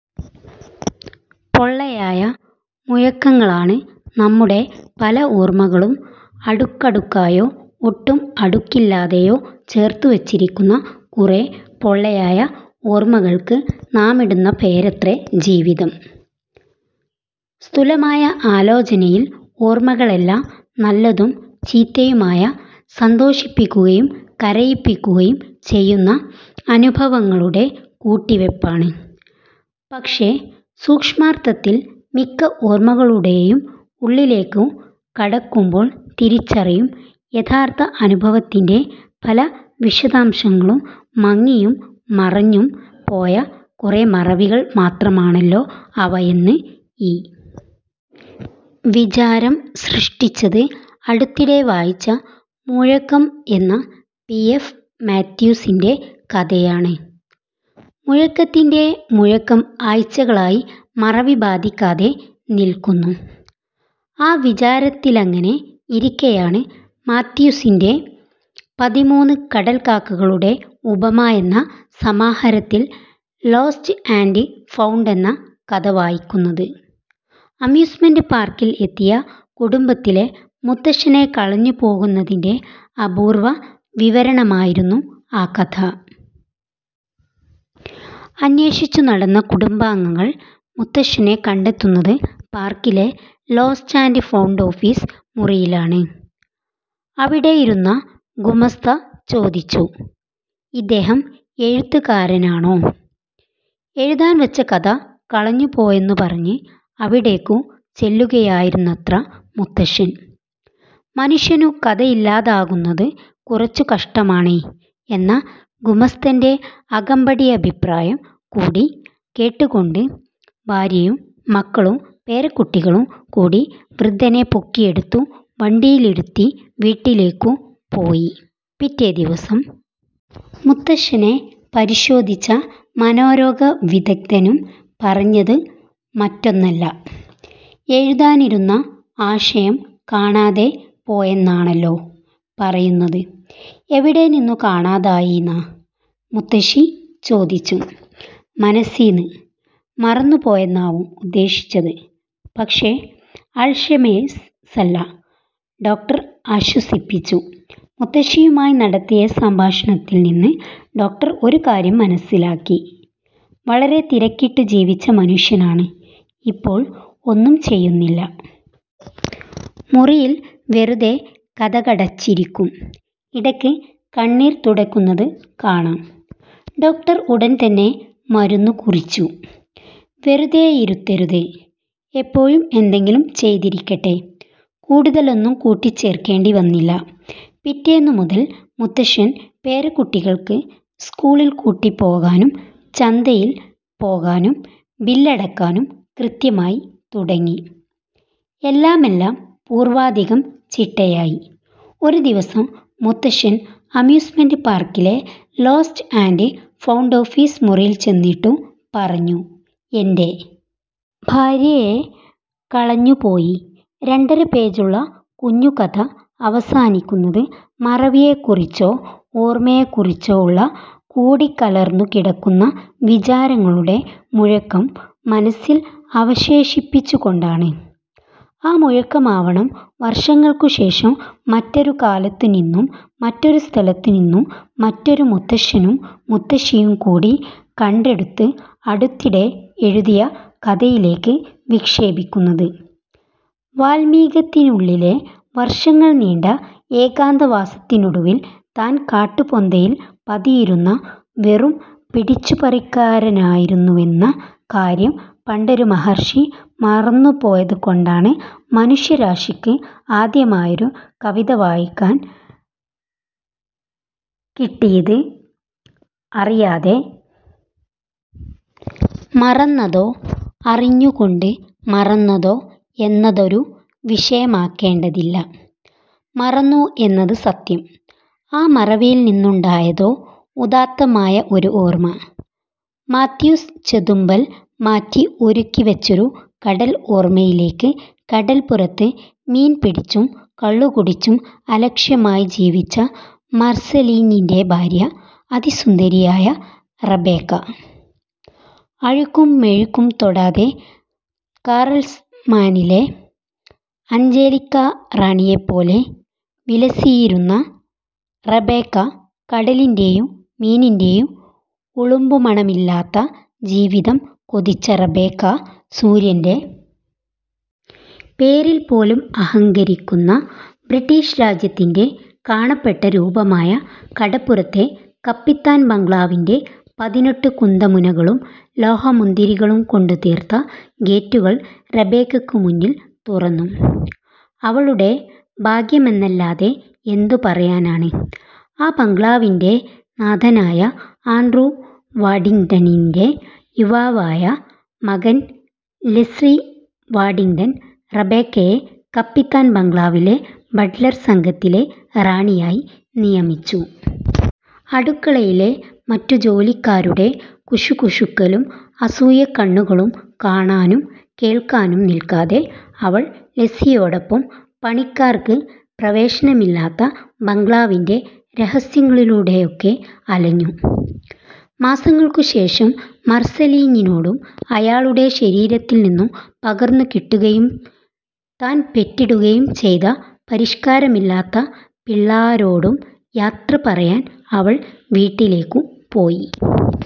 പൊള്ളയായ മുഴക്കങ്ങളാണ് നമ്മുടെ പല ഓർമകളും. അടുക്കടുക്കായോ ഒട്ടും അടുക്കില്ലാതെയോ ചേർത്തുവച്ചിരിക്കുന്ന കുറെ പൊള്ളയായ ഓർമകൾക്ക് നാമിടുന്ന പേരത്രേ ജീവിതം. സ്ഥൂലമായ ആലോചനയിൽ ഓർമകളെല്ലാം നല്ലതും ചീത്തയുമായ, സന്തോഷിപ്പിക്കുകയും കരയിപ്പിക്കുകയും ചെയ്യുന്ന അനുഭവങ്ങളുടെ കൂട്ടിവയ്പാണ്. പക്ഷേ സൂക്ഷ്മാർഥത്തിൽ മിക്ക ഓർമകളുടെയും ഉള്ളിലേക്കു കടക്കുമ്പോൾ തിരിച്ചറിയും, യഥാർഥ അനുഭവത്തിൻ്റെ പല വിശദാംശങ്ങളും മങ്ങിയും മറഞ്ഞും പോയ കുറെ മറവികൾ മാത്രമാണല്ലോ അവ എന്ന്.ഈ വിചാരം സൃഷ്ടിച്ചത് അടുത്തിടെ വായിച്ച മുഴക്കം എന്ന പി എഫ് മാത്യൂസിൻ്റെ കഥയാണ്. മുഴക്കത്തിൻ്റെ മുഴക്കം ആഴ്ചകളായി മറവി ബാധിക്കാതെ നിൽക്കുന്നു. ആ വിചാരത്തിലങ്ങനെ ഇരിക്കെയാണ് മാത്യൂസിൻ്റെ പതിമൂന്ന് കടൽക്കാക്കകളുടെ ഉപമ എന്ന സമാഹാരത്തിൽ ലോസ്റ്റ് ആൻഡ് ഫൗണ്ട് എന്ന കഥ വായിക്കുന്നത്. അമ്യൂസ്മെന്റ് പാർക്കിൽ എത്തിയ കുടുംബത്തിലെ മുത്തശ്ശനെ കളഞ്ഞുപോകുന്നതിൻ്റെ അപൂർവ വിവരണമായിരുന്നു ആ കഥ. അന്വേഷിച്ചുനടന്ന കുടുംബാംഗങ്ങൾ മുത്തശ്ശനെ കണ്ടെത്തുന്നത് പാർക്കിലെ ലോസ്റ്റ് ആൻഡ് ഫൗണ്ട് ഓഫീസ് മുറിയിലാണ്. അവിടെയിരുന്ന ഗുമസ്ത ചോദിച്ചു. ഇദ്ദേഹം എഴുത്തുകാരനാണോ? എഴുതാൻ വച്ച കഥ കളഞ്ഞുപോയെന്നു പറഞ്ഞ് അവിടേക്കു ചെല്ലുകയായിരുന്നത്രെ മുത്തശ്ശൻ. മനുഷ്യനു കഥയില്ലാതാകുന്നതു കുറച്ചു കഷ്ടമാണേ എന്ന ഗുമസ്തൻ്റെ അകമ്പടിയഭിപ്രായം കൂടി കേട്ടുകൊണ്ട് ഭാര്യയും മക്കളും പേരക്കുട്ടികളും കൂടി വൃദ്ധനെ പൊക്കിയെടുത്തു വണ്ടിയിലിരുത്തി വീട്ടിലേക്കു പോയി. പിറ്റേദിവസം മുത്തശ്ശനെ പരിശോധിച്ച മനോരോഗ വിദഗ്ധനും പറഞ്ഞതു മറ്റൊന്നല്ല. എഴുതാനിരുന്ന ആശയം കാണാതെ പോയെന്നാണല്ലോ പറയുന്നത്. എവിടെ നിന്നു കാണാതായീന്നാ? മുത്തശ്ശി ചോദിച്ചു. മനസ്സീന്ന്. മറന്നുപോയെന്നാവും ഉദ്ദേശിച്ചത്. പക്ഷേ അൽഷൈമേഴ്സല്ല. ഡോക്ടർ ആശ്വസിപ്പിച്ചു. മുത്തശ്ശിയുമായി നടത്തിയ സംഭാഷണത്തിൽ നിന്ന് ഡോക്ടർ ഒരു കാര്യം മനസ്സിലാക്കി. വളരെ തിരക്കിട്ടു ജീവിച്ച മനുഷ്യനാണ്. ഇപ്പോൾ ഒന്നും ചെയ്യുന്നില്ല. മുറിയിൽ വെറുതെ കതകടച്ചിരിക്കും. ഇടയ്ക്ക് കണ്ണീർ തുടയ്ക്കുന്നതു കാണാം. ഡോക്ടർ ഉടൻ തന്നെ മരുന്നു കുറിച്ചു. വെറുതെയിരുത്തരുത്. എപ്പോഴും എന്തെങ്കിലും ചെയ്തിരിക്കട്ടെ. കൂടുതലൊന്നും കൂട്ടിച്ചേർക്കേണ്ടി വന്നില്ല. പിറ്റേന്നു മുതൽ മുത്തശ്ശൻ പേരക്കുട്ടികൾക്ക് സ്കൂളിൽ കൂട്ടിപ്പോകാനും ചന്തയിൽ പോകാനും ബില്ലടയ്ക്കാനും കൃത്യമായി തുടങ്ങി. എല്ലാമെല്ലാം പൂർവാധികം ചിട്ടയായി. ഒരു ദിവസം മുത്തശ്ശൻ അമ്യൂസ്മെന്റ് പാർക്കിലെ ലോസ്റ്റ് ആൻഡ് ഫൗണ്ട് ഓഫീസ് മുറിയിൽ ചെന്നിട്ടു പറഞ്ഞു. എൻ്റെ ഭാര്യയെ കളഞ്ഞുപോയി. രണ്ടര പേജുള്ള കുഞ്ഞുകഥ അവസാനിക്കുന്നത് മറവിയെക്കുറിച്ചോ ഓർമയെക്കുറിച്ചോ ഉള്ള കൂടിക്കലർന്നുകിടക്കുന്ന വിചാരങ്ങളുടെ മുഴക്കം മനസ്സിൽ അവശേഷിപ്പിച്ചുകൊണ്ടാണ്. ആ മുഴക്കമാവണം വർഷങ്ങൾക്കു ശേഷം മറ്റൊരു കാലത്തുനിന്നും മറ്റൊരു സ്ഥലത്തുനിന്നും മറ്റൊരു മുത്തശ്ശനും മുത്തശ്ശിയും കൂടി കണ്ടെടുത്ത് അടുത്തിടെ എഴുതിയ കഥയിലേക്ക് വിക്ഷേപിക്കുന്നത്. വാല്മീകത്തിനുള്ളിലെ വർഷങ്ങൾ നീണ്ട ഏകാന്തവാസത്തിനൊടുവിൽ, താൻ കാട്ടുപൊന്തയിൽ പതിയിരുന്ന വെറും പിടിച്ചുപറിക്കാരനായിരുന്നുവെന്ന കാര്യം പണ്ടൊരു മഹർഷി മറന്നുപോയതുകൊണ്ടാണ് മനുഷ്യരാശിക്ക് ആദ്യമായൊരു കവിത വായിക്കാൻ കിട്ടിയത്. അറിയാതെ മറന്നതോ അറിഞ്ഞുകൊണ്ട് മറന്നതോ എന്നതൊരു വിഷയമാക്കേണ്ടതില്ല. മറന്നു എന്നത് സത്യം. ആ മറവിയിൽ നിന്നുണ്ടായതോ ഉദാത്തമായ ഒരു ഓർമ. മാത്യൂസ് ചെതുമ്പൽ മാറ്റി ഒരുക്കിവച്ചൊരു കടൽ ഓർമയിലേക്ക് കടൽപ്പുറത്ത് മീൻ പിടിച്ചും കള്ളുകുടിച്ചും അലക്ഷ്യമായി ജീവിച്ച മർസലീഞ്ഞിൻ്റെ ഭാര്യ അതിസുന്ദരിയായ റബേക്ക. അഴുക്കും മെഴുക്കും തൊടാതെ കാറൽസ്മാനിലെ അഞ്ജേലിക്കാ റാണിയെപ്പോലെ വിലസിയിരുന്ന റബേക്ക കടലിൻ്റെയും മീനിൻ്റെയും ഉളുമ്പുമണമില്ലാത്ത ജീവിതം കൊതിച്ച റബേക്ക. സൂര്യൻ്റെ പേരിൽ പോലും അഹങ്കരിക്കുന്ന ബ്രിട്ടീഷ് രാജ്യത്തിൻ്റെ കാണപ്പെട്ട രൂപമായ കടപ്പുറത്തെ കപ്പിത്താൻ ബംഗ്ലാവിൻ്റെ പതിനെട്ടുകുന്തമുനകളും ലോഹമുന്തിരികളും കൊണ്ടുതീർത്ത ഗേറ്റുകൾ റബേക്കയ്ക്കു മുന്നിൽ തുറന്നു. അവളുടെ ഭാഗ്യമെന്നല്ലാതെ എന്തു പറയാനാണ്.ആ ബംഗ്ലാവിൻ്റെ നാഥനായ ആൻഡ്രൂ വാഡിങ്ടണിൻ്റെ യുവാവായ മകൻ ലെസ്ലി വാഡിങ്ടൺ റബേക്കയെ കപ്പിത്താൻ ബംഗ്ലാവിലെ ബട്ലർ സംഘത്തിലെ റാണിയായി നിയമിച്ചു. അടുക്കളയിലെ മറ്റു ജോലിക്കാരുടെ കുശുകുശുക്കലും അസൂയക്കണ്ണുകളും കാണാനും കേൾക്കാനും നിൽക്കാതെ അവൾ ലെസ്ലിയോടൊപ്പം പണിക്കാർക്ക് പ്രവേശനമില്ലാത്ത ബംഗ്ലാവിൻ്റെ രഹസ്യങ്ങളിലൂടെയൊക്കെ അലഞ്ഞു. മാസങ്ങൾക്കു ശേഷം മർസലീഞ്ഞിനോടും അയാളുടെ ശരീരത്തിൽനിന്നു പകർന്നുകിട്ടുകയും താൻ പെറ്റിടുകയും ചെയ്ത പരിഷ്കാരമില്ലാത്ത പിള്ളാരോടും യാത്ര പറയാൻ അവൾ വീട്ടിലേക്കു പോയി.